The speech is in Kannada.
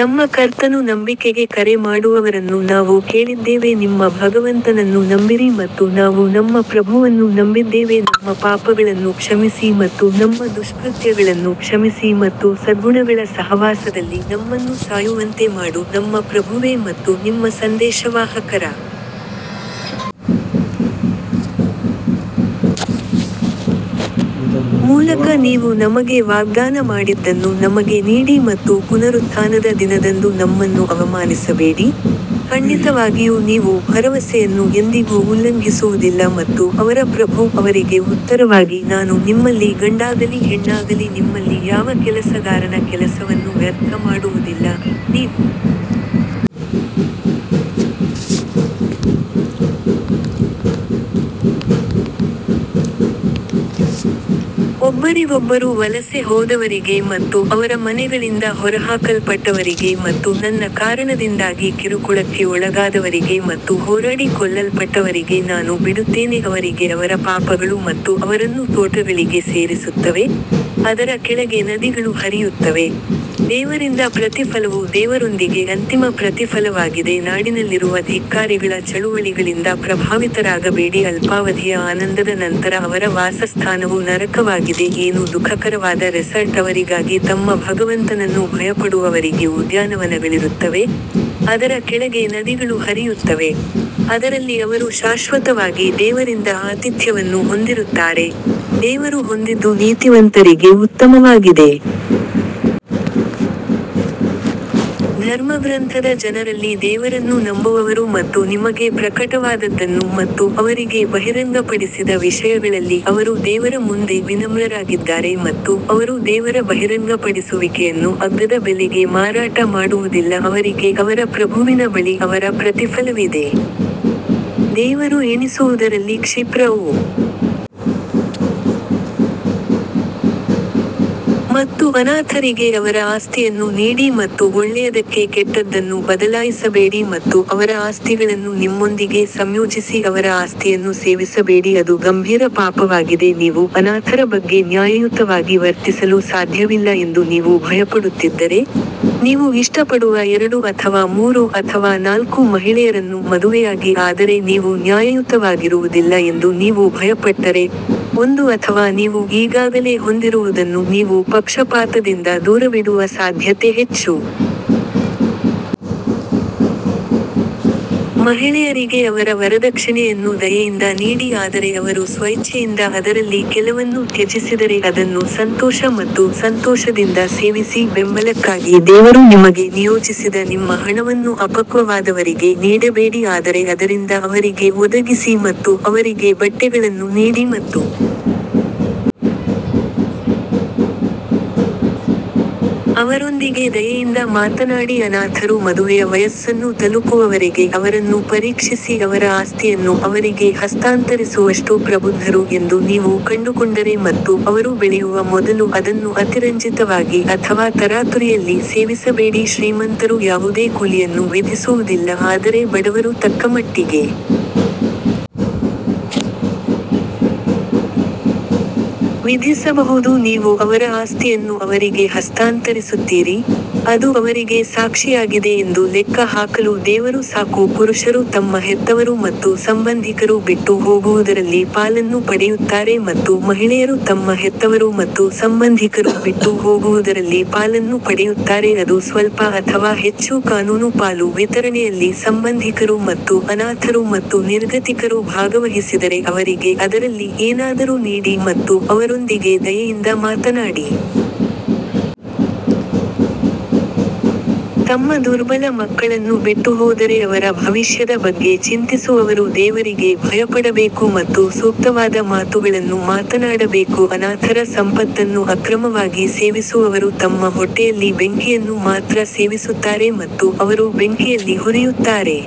ನಮ್ಮ ಕರ್ತನು ನಂಬಿಕೆಗೆ ಕರೆ ಮಾಡುವವರನ್ನು ನಾವು ಕೇಳಿದ್ದೇವೆ ನಿಮ್ಮ ಭಗವಂತನನ್ನು ನಂಬಿರಿ ಮತ್ತು ನಾವು ನಮ್ಮ ಪ್ರಭುವನ್ನು ನಂಬಿದ್ದೇವೆ ನಮ್ಮ ಪಾಪಗಳನ್ನು ಕ್ಷಮಿಸಿ ಮತ್ತು ನಮ್ಮ ದುಷ್ಕೃತ್ಯಗಳನ್ನು ಕ್ಷಮಿಸಿ ಮತ್ತು ಸದ್ಗುಣಗಳ ಸಹವಾಸದಲ್ಲಿ ನಮ್ಮನ್ನು ಸಾಯುವಂತೆ ಮಾಡು ನಮ್ಮ ಪ್ರಭುವೇ ಮತ್ತು ನಿಮ್ಮ ಸಂದೇಶವಾಹಕರ ಮೂಲಕ ನೀವು ನಮಗೆ ವಾಗ್ದಾನ ಮಾಡಿದ್ದನ್ನು ನಮಗೆ ನೀಡಿ ಮತ್ತು ಪುನರುತ್ಥಾನದ ದಿನದಂದು ನಮ್ಮನ್ನು ಅವಮಾನಿಸಬೇಡಿ, ಖಂಡಿತವಾಗಿಯೂ ನೀವು ಭರವಸೆಯನ್ನು ಎಂದಿಗೂ ಉಲ್ಲಂಘಿಸುವುದಿಲ್ಲ ಮತ್ತು ಅವರ ಪ್ರಭು ಅವರಿಗೆ ಉತ್ತರವಾಗಿ ನಾನು ನಿಮ್ಮಲ್ಲಿ ಗಂಡಾಗಲಿ ಹೆಣ್ಣಾಗಲಿ ನಿಮ್ಮಲ್ಲಿ ಯಾವ ಕೆಲಸಗಾರನ ಕೆಲಸವನ್ನು ವ್ಯರ್ಥ ಮಾಡುವುದಿಲ್ಲ, ನೀವು ಒಬ್ಬರಿಗೊಬ್ಬರು ವಲಸೆ ಹೋದವರಿಗೆ ಮತ್ತು ಅವರ ಮನೆಗಳಿಂದ ಹೊರಹಾಕಲ್ಪಟ್ಟವರಿಗೆ ಮತ್ತು ನನ್ನ ಕಾರಣದಿಂದಾಗಿ ಕಿರುಕುಳಕ್ಕೆ ಒಳಗಾದವರಿಗೆ ಮತ್ತು ಹೋರಾಡಿ ಕೊಲ್ಲಲ್ಪಟ್ಟವರಿಗೆ ನಾನು ಬಿಡುತ್ತೇನೆ ಅವರಿಗೆ ಅವರ ಪಾಪಗಳು ಮತ್ತು ಅವರನ್ನು ತೋಟಗಳಿಗೆ ಸೇರಿಸುತ್ತವೆ, ಅದರ ಕೆಳಗೆ ನದಿಗಳು ಹರಿಯುತ್ತವೆ, ದೇವರಿಂದ ಪ್ರತಿಫಲವು ದೇವರೊಂದಿಗೆ ಅಂತಿಮ ಪ್ರತಿಫಲವಾಗಿದೆ ನಾಡಿನಲ್ಲಿರುವ ಧಿಕ್ಕಾರಿಗಳ ಚಳುವಳಿಗಳಿಂದ ಪ್ರಭಾವಿತರಾಗಬೇಡಿ ಅಲ್ಪಾವಧಿಯ ಆನಂದದ ನಂತರ ಅವರ ವಾಸಸ್ಥಾನವು ನರಕವಾಗಿದೆ ಏನು ದುಃಖಕರವಾದ ರೆಸಾರ್ಟ್ ಅವರಿಗಾಗಿ ತಮ್ಮ ಭಗವಂತನನ್ನು ಭಯಪಡುವವರಿಗೆ ಉದ್ಯಾನವನಗಳಿರುತ್ತವೆ, ಅದರ ಕೆಳಗೆ ನದಿಗಳು ಹರಿಯುತ್ತವೆ, ಅದರಲ್ಲಿ ಅವರು ಶಾಶ್ವತವಾಗಿ ದೇವರಿಂದ ಆತಿಥ್ಯವನ್ನು ಹೊಂದಿರುತ್ತಾರೆ, ದೇವರು ಹೊಂದಿದ್ದು ನೀತಿವಂತರಿಗೆ ಉತ್ತಮವಾಗಿದೆ. ಧರ್ಮಗ್ರಂಥದ ಜನರಲ್ಲಿ ದೇವರನ್ನು ನಂಬುವವರು ಮತ್ತು ನಿಮಗೆ ಪ್ರಕಟವಾದದ್ದನ್ನು ಮತ್ತು ಅವರಿಗೆ ಬಹಿರಂಗಪಡಿಸಿದ ವಿಷಯಗಳಲ್ಲಿ ಅವರು ದೇವರ ಮುಂದೆ ವಿನಮ್ರರಾಗಿದ್ದಾರೆ ಮತ್ತು ಅವರು ದೇವರ ಬಹಿರಂಗಪಡಿಸುವಿಕೆಯನ್ನು ಅಗ್ಗದ ಬೆಲೆಗೆ ಮಾರಾಟ ಮಾಡುವುದಿಲ್ಲ ಅವರಿಗೆ ಅವರ ಪ್ರಭುವಿನ ಬಳಿ ಅವರ ಪ್ರತಿಫಲವಿದೆ. ದೇವರು ಎಣಿಸುವುದರಲ್ಲಿ ಕ್ಷಿಪ್ರ ಓ ಮತ್ತು ಅನಾಥರಿಗೆ ಅವರ ಆಸ್ತಿಯನ್ನು ನೀಡಿ ಮತ್ತು ಒಳ್ಳೆಯದಕ್ಕೆ ಕೆಟ್ಟದ್ದನ್ನು ಬದಲಾಯಿಸಬೇಡಿ ಮತ್ತು ಅವರ ಆಸ್ತಿಗಳನ್ನು ನಿಮ್ಮೊಂದಿಗೆ ಸಂಯೋಜಿಸಿ ಅವರ ಆಸ್ತಿಯನ್ನು ಸೇವಿಸಬೇಡಿ ಅದು ಗಂಭೀರ ಪಾಪವಾಗಿದೆ ನೀವು ಅನಾಥರ ಬಗ್ಗೆ ನ್ಯಾಯಯುತವಾಗಿ ವರ್ತಿಸಲು ಸಾಧ್ಯವಿಲ್ಲ ಎಂದು ನೀವು ಭಯಪಡುತ್ತಿದ್ದರೆ, ನೀವು ಇಷ್ಟಪಡುವ ಎರಡು ಅಥವಾ ಮೂರು ಅಥವಾ ನಾಲ್ಕು ಮಹಿಳೆಯರನ್ನು ಮದುವೆಯಾಗಿ ಆದರೆ ನೀವು ನ್ಯಾಯಯುತವಾಗಿರುವುದಿಲ್ಲ ಎಂದು ನೀವು ಭಯಪಟ್ಟರೆ, ಒಂದು ಅಥವಾ ನೀವು ಈಗಾಗಲೇ ಹೊಂದಿರುವುದನ್ನು ನೀವು ಪಕ್ಷಪಾತದಿಂದ ದೂರವಿಡುವ ಸಾಧ್ಯತೆ ಹೆಚ್ಚು. ಮಹಿಳೆಯರಿಗೆ ಅವರ ವರದಕ್ಷಿಣೆಯನ್ನು ದಯೆಯಿಂದ ನೀಡಿ ಆದರೆ ಅವರು ಸ್ವಇಚ್ಛೆಯಿಂದ ಅದರಲ್ಲಿ ಕೆಲವನ್ನು ತ್ಯಜಿಸಿದರೆ ಅದನ್ನು ಸಂತೋಷ ಮತ್ತು ಸಂತೋಷದಿಂದ ಸೇವಿಸಿ ಬೆಂಬಲಕ್ಕಾಗಿ ದೇವರು ನಿಮಗೆ ನಿಯೋಜಿಸಿದ ನಿಮ್ಮ ಹಣವನ್ನು ಅಪಕ್ವವಾದವರಿಗೆ ನೀಡಬೇಡಿ ಆದರೆ ಅದರಿಂದ ಅವರಿಗೆ ಒದಗಿಸಿ ಮತ್ತು ಅವರಿಗೆ ಬಟ್ಟೆಗಳನ್ನು ನೀಡಿ ಮತ್ತು ಅವರೊಂದಿಗೆ ದಯೆಯಿಂದ ಮಾತನಾಡಿ ಅನಾಥರು ಮದುವೆಯ ವಯಸ್ಸನ್ನು ತಲುಪುವವರೆಗೆ ಅವರನ್ನು ಪರೀಕ್ಷಿಸಿ ಅವರ ಆಸ್ತಿಯನ್ನು ಅವರಿಗೆ ಹಸ್ತಾಂತರಿಸುವಷ್ಟು ಪ್ರಬುದ್ಧರು ಎಂದು ನೀವು ಕಂಡುಕೊಂಡರೆ ಮತ್ತು ಅವರು ಬೆಳೆಯುವ ಮೊದಲು ಅದನ್ನು ಅತಿರಂಜಿತವಾಗಿ ಅಥವಾ ತರಾತುರಿಯಲ್ಲಿ ಸೇವಿಸಬೇಡಿ ಶ್ರೀಮಂತರು ಯಾವುದೇ ಕೂಲಿಯನ್ನು ವಿಧಿಸುವುದಿಲ್ಲ ಆದರೆ ಬಡವರು ತಕ್ಕಮಟ್ಟಿಗೆ ವಿಧಿಸಬಹುದು ನೀವು ಅವರ ಆಸ್ತಿಯನ್ನು ಅವರಿಗೆ ಹಸ್ತಾಂತರಿಸುತ್ತೀರಿ, ಅದು ಅವರಿಗೆ ಸಾಕ್ಷಿಯಾಗಿದೆ ಎಂದು ಲೆಕ್ಕ ಹಾಕಲು ದೇವರು ಸಾಕು ಪುರುಷರು ತಮ್ಮ ಹೆತ್ತವರು ಮತ್ತು ಸಂಬಂಧಿಕರು ಬಿಟ್ಟು ಹೋಗುವುದರಲ್ಲಿ ಪಾಲನ್ನು ಪಡೆಯುತ್ತಾರೆ ಮತ್ತು ಮಹಿಳೆಯರು ತಮ್ಮ ಹೆತ್ತವರು ಮತ್ತು ಸಂಬಂಧಿಕರು ಬಿಟ್ಟು ಹೋಗುವುದರಲ್ಲಿ ಪಾಲನ್ನು ಪಡೆಯುತ್ತಾರೆ ಅದು ಸ್ವಲ್ಪ ಅಥವಾ ಹೆಚ್ಚು ಕಾನೂನು ಪಾಲು ವಿತರಣೆಯಲ್ಲಿ ಸಂಬಂಧಿಕರು ಮತ್ತು ಅನಾಥರು ಮತ್ತು ನಿರ್ಗತಿಕರು ಭಾಗವಹಿಸಿದರೆ ಅವರಿಗೆ ಅದರಲ್ಲಿ ಏನಾದರೂ ನೀಡಿ ಮತ್ತು ಅವರೊಂದಿಗೆ ದಯೆಯಿಂದ ಮಾತನಾಡಿ. ತಮ್ಮ ದುರ್ಬಲ ಮಕ್ಕಳನ್ನು ಬಿಟ್ಟುಹೋದರೆ ಅವರ ಭವಿಷ್ಯದ ಬಗ್ಗೆ ಚಿಂತಿಸುವವರು ದೇವರಿಗೆ ಭಯಪಡಬೇಕು ಮತ್ತು ಸೂಕ್ತವಾದ ಮಾತುಗಳನ್ನು ಮಾತನಾಡಬೇಕು ಅನಾಥರ ಸಂಪತ್ತನ್ನು ಅಕ್ರಮವಾಗಿ ಸೇವಿಸುವವರು ತಮ್ಮ ಹೊಟ್ಟೆಯಲ್ಲಿ ಬೆಂಕಿಯನ್ನು ಮಾತ್ರ ಸೇವಿಸುತ್ತಾರೆ ಮತ್ತು ಅವರು ಬೆಂಕಿಯಲ್ಲಿ ಹುರಿಯುತ್ತಾರೆ.